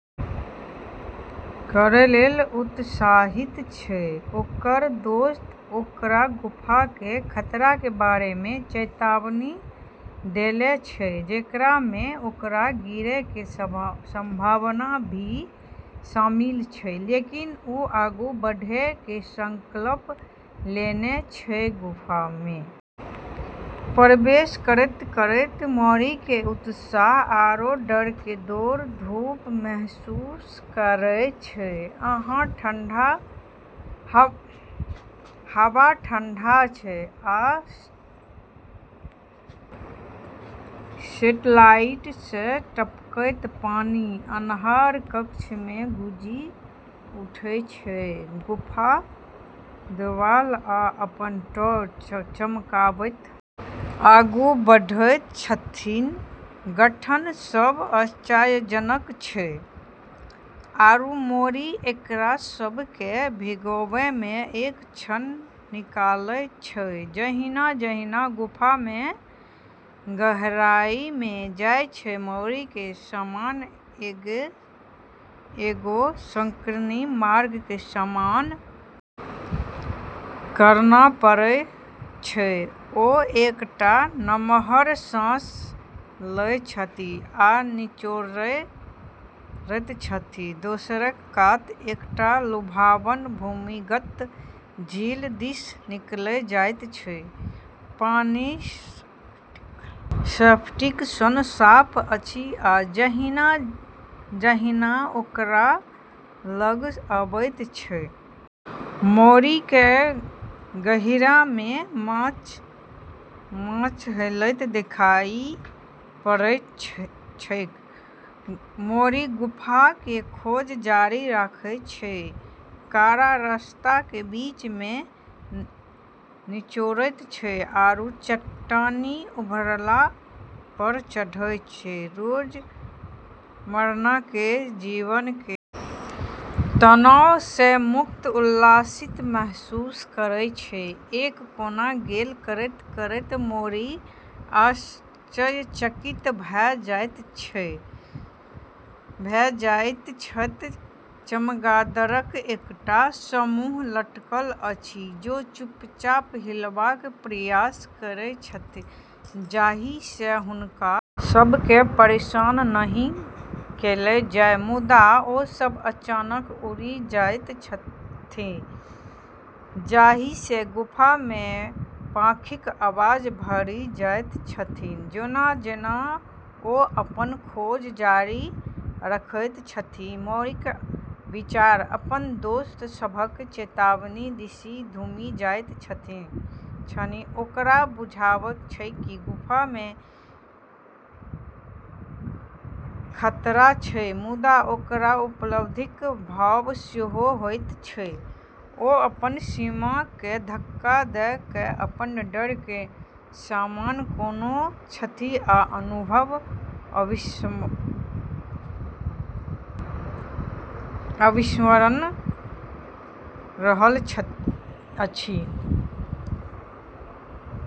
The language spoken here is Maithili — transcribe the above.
लेल उत्साहित छै ओकरऽ दोस्त ओकरा गुफा केरऽ खतरा के बारे मे चेतावनी देले छै जेकरा मे ओकरा गिरै के संभावना भी शामिल छै, लेकिन उ आगू बढ़ै के संकल्प लेनै छै, गुफा में प्रवेश करतें-करतें मैरी के उत्साह आरो डर के दौड़-धूप महसूस होय छै, हवा ठंडा छै आ स्टैलेक्टाइट सं टपकैत पानि अन्हार कक्ष में गूँजि उठैत छै, गुफाक देबाल पर अपन टॉर्च चमकबैत आगू बढ़ैत छथि, गठन सब आश्चर्यजनक छै आरू मैरी एकरा सब के भिगोबै में एक क्षण निकालै छै जहिना-जहिना गुफा में गहराई में जाय छै मैरी के सामना एगो संकीर्ण मार्ग के सामना करना पड़ै छै ओ एकटा नमहर साँस लैत अछि आ निचोड़ैत अछि, दोसर कात एकटा लुभावन भूमिगत झील दिस निकलि जाइत अछि, पानि स्फटिक सन साफ अछि आ जहिना-जहिना ओकरा लग अबैत अछि मैरी केँ गहींर मे माछ हेलैत देखाइ पड़ैत छैक, मैरी गुफा के खोज जारी रखै छै, कड़ा रास्ता के बीच से निचोड़ै छै आरू चट्टानी उभरला पर चढ़ै छै, रोजमर्रा के जीवन के तनाव स मुक्त, उल्लासित महसूस करै छै, एक कोना गोल करैत-करैत मैरी आश्चर्यचकित भ' जाइत अछि जे छत पर चमगादड़क एकटा समूह लटकल अछि, ओ चुपचाप हिलबाक प्रयास करैत छथि जाहि सँ हुनका सभ केँ परेशान नहि कयल जाय मुदा ओ सभ अचानक उड़ि जाइत छथि, जाहि सँ गुफा मे पाँखिक आवाज भरि जाइत छथि, जेना-जेना ओ अपन खोज जारी रखैत छथि, मैरीक विचार अपन दोस्त सभक चेतावनी दिस घुमि जाइत छनि ओकरा बुझल छैक जे गुफा मे खतरा छैक मुदा ओकरा उपलब्धिक भाव सेहो होइत छैक, ओ अपन सीमा के धक्का द क अपन डर के सामना केने छथि आ अनुभव अविस्मरणीय रहल अछि।